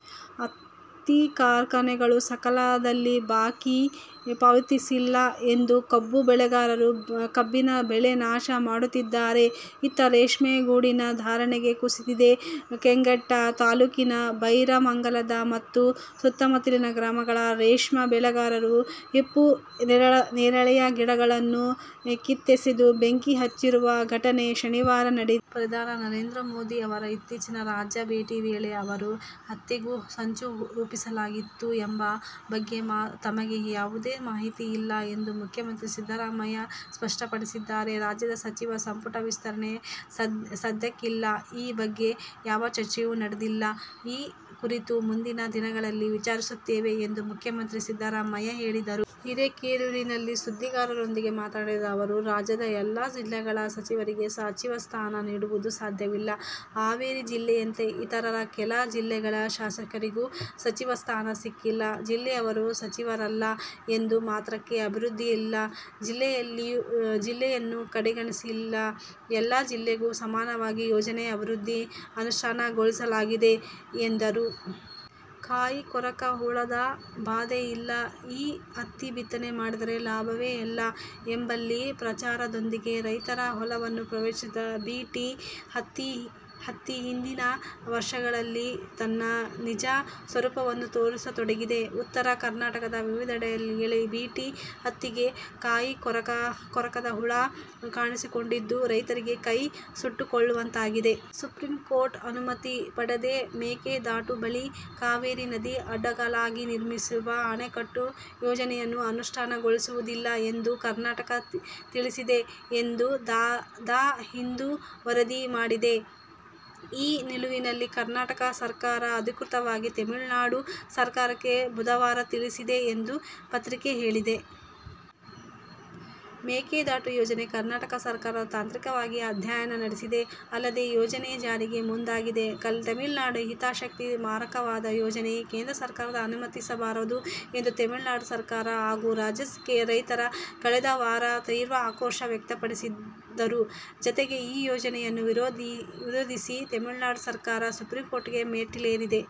ಅತ್ತ ಕಾರ್ಖಾನೆಗಳು ಸಕಾಲದಲ್ಲಿ ಬಾಕಿ ಪಾವತಿಸುತ್ತಿಲ್ಲ ಎಂದು ಕಬ್ಬು ಬೆಳೆಗಾರರು ಕಬ್ಬಿನ ಬೆಳೆ ನಾಶ ಮಾಡುತ್ತಿದ್ದರೆ, ಇತ್ತ ರೇಷ್ಮೆ ಗೂಡಿನ ಧಾರಣೆ ಕುಸಿತದಿಂದ ಕಂಗೆಟ್ಟ ತಾಲೂಕಿನ ಬೈರಮಂಗಲ ಮತ್ತು ಸುತ್ತಮುತ್ತಲ ಗ್ರಾಮಗಳ ರೇಷ್ಮೆ ಬೆಳೆಗಾರರು ಹಿಪ್ಪುನೇರಳೆ ಗಿಡಗಳನ್ನು ಕಿತ್ತೆಸೆದು, ಬೆಂಕಿ ಹಚ್ಚಿರುವ ಘಟನೆ ಶನಿವಾರ ನಡೆದಿದೆ. ಪ್ರಧಾನಿ ನರೇಂದ್ರ ಮೋದಿ ಅವರ ಇತ್ತೀಚಿನ ರಾಜ್ಯ ಭೇಟಿ ವೇಳೆ ಅವರ ಹತ್ಯೆಗೆ ಸಂಚು ರೂಪಿಸಲಾಗಿತ್ತು ಎಂಬ ಬಗ್ಗೆ ತಮಗೆ ಯಾವುದೇ ಮಾಹಿತಿ ಇಲ್ಲ ಎಂದು ಮುಖ್ಯಮಂತ್ರಿ ಸಿದ್ದರಾಮಯ್ಯ ಸ್ಪಷ್ಟಪಡಿಸಿದ್ದಾರೆ. ರಾಜ್ಯ ಸಚಿವ ಸಂಪುಟ ವಿಸ್ತರಣೆ ಸದ್ಯಕ್ಕಿಲ್ಲ. ಈ ಬಗ್ಗೆ ಯಾವ ಚರ್ಚೆಯೂ ನಡೆದಿಲ್ಲ. ಈ ಕುರಿತು ಮುಂದಿನ ದಿನಗಳಲ್ಲಿ ವಿಚಾರಿಸುತ್ತೇನೆ ಎಂದು ಮುಖ್ಯಮಂತ್ರಿ ಸಿದ್ದರಾಮಯ್ಯ ಹೇಳಿದರು. ಹಿರೇಕೆರೂರಲ್ಲಿ ಸುದ್ದಿಗಾರರೊಂದಿಗೆ ಮಾತನಾಡಿದ ಅವರು, ರಾಜ್ಯದ ಎಲ್ಲ ಜಿಲ್ಲೆಗಳ ಶಾಸಕರಿಗೆ ಸಚಿವ ಸ್ಥಾನ ನೀಡುವುದು ಸಾಧ್ಯವಿಲ್ಲ. ಹಾವೇರಿ ಜಿಲ್ಲೆಯಂತೆ ಇನ್ನಿತರ ಕೆಲ ಜಿಲ್ಲೆಗಳ ಶಾಸಕರಿಗೂ ಸಚಿವ ಸ್ಥಾನ ಸಿಕ್ಕಿಲ್ಲ. ಜಿಲ್ಲೆಯವರು ಸಚಿವರಿಲ್ಲ ಎಂದ ಮಾತ್ರಕ್ಕೆ ಅಭಿವೃದ್ಧಿಯಲ್ಲಿ ಜಿಲ್ಲೆಯನ್ನು ಕಡೆಗಣಿಸಿಲ್ಲ. ಎಲ್ಲ ಜಿಲ್ಲೆಗಳಿಗೂ ಸಮಾನವಾಗಿ ಯೋಜನೆ, ಅಭಿವೃದ್ಧಿ ಅನುಷ್ಠಾನಗೊಳಿಸಲಾಗುತ್ತಿದೆ ಎಂದರು. ಕಾಯಿಕೊರಕ ಹುಳದ ಬಾಧೆ ಇಲ್ಲ. ಈ ಹತ್ತಿ ಬಿತ್ತನೆ ಮಾಡಿದರೆ ಲಾಭವೇ ಎಲ್ಲ ಎಂಬೆಲ್ಲ ಪ್ರಚಾರದೊಂದಿಗೆ ರೈತರ ಹೊಲಗಳನ್ನು ಪ್ರವೇಶಿಸಿದ ಬಿ. ಟಿ. ಹತ್ತಿ ಹಿಂದಿನ ವರ್ಷಗಳಲ್ಲಿ ತನ್ನ ನಿಜ ಸ್ವರೂಪ ತೋರಿಸತೊಡಗಿದೆ. ಉತ್ತರ ಕರ್ನಾಟಕದ ವಿವಿಧೆಡೆಗಳಲ್ಲಿ ಬಿ. ಟಿ. ಹತ್ತಿಗೆ ಕಾಯಿಕೊರಕ ಹುಳ ಕಾಣಿಸಿಕೊಂಡಿದ್ದು, ರೈತರೀಗ ಕೈ ಸುಟ್ಟುಕೊಳ್ಳುವಂತಾಗಿದೆ. ಸುಪ್ರೀಂಕೋರ್ಟ್ ಅನುಮತಿ ಪಡೆಯದೇ ಮೇಕೆ ದಾಟು ಬಳಿ ಕಾವೇರಿ ನದಿಗೆ ಅಡ್ಡಲಾಗಿ ನಿರ್ಮಿಸುವ ಅಣೆಕಟ್ಟು ಯೋಜನೆಯನ್ನು ಅನುಷ್ಠಾನಗೊಳಿಸುವುದಿಲ್ಲ ಎಂದು ಕರ್ನಾ ಟಕ ತಿಳಿಸಿದೆ ಎಂದು "ದ ಹಿಂದು' ವರದಿ ಮಾಡಿದೆ. ಈ ನಿಲುವನ್ನು ಕರ್ನಾಟಕ ಸರ್ಕಾರ, ಅಧಿಕೃತವಾಗಿ ತಮಿಳುನಾಡು ಸರ್ಕಾರಕ್ಕೆ ಬುಧವಾರ ತಿಳಿಸಿದೆ ಎಂದು ಪತ್ರಿಕೆ ಹೇಳಿದೆ. "ಮೇಕೆದಾಟು ಯೋಜನೆಗೆ ಕರ್ನಾಟಕ ಸರ್ಕಾರ ತಾಂತ್ರಿಕವಾಗಿ ಅಧ್ಯಯನ ನಡೆಸಿದೆ. ಅಲ್ಲದೇ ಯೋಜನೆ ಜಾರಿಗೆ ಮುಂದಾಗಿದೆ. ತಮಿಳ್ನಾಡಿನ ಹಿತಾಸಕ್ತಿಗೆ ಮಾರಕವಾದ ಯೋಜನೆಗೆ ಕೇಂದ್ರ ಸರ್ಕಾರ ಅನುಮತಿಸಬಾರದು' ಎಂದು ತಮಿಳುನಾಡು ಸರ್ಕಾರ ಹಾಗೂ ರಾಜ್ಯದ ರೈತರು ಕಳೆದ ವಾರ ತೀವ್ರ ಆಕ್ರೋಶ ವ್ಯಕ್ತಪಡಿಸಿದ್ದರು. ಜತೆಗೆ ಈ ಯೋಜನೆಯನ್ನು ವಿರೋಧಿಸಿ ತಮಿಳುನಾಡು ಸರ್ಕಾರ ಸುಪ್ರೀಕೋರ್ಟ್ ಮೆಟ್ಟಿಲೇರಿದೆ.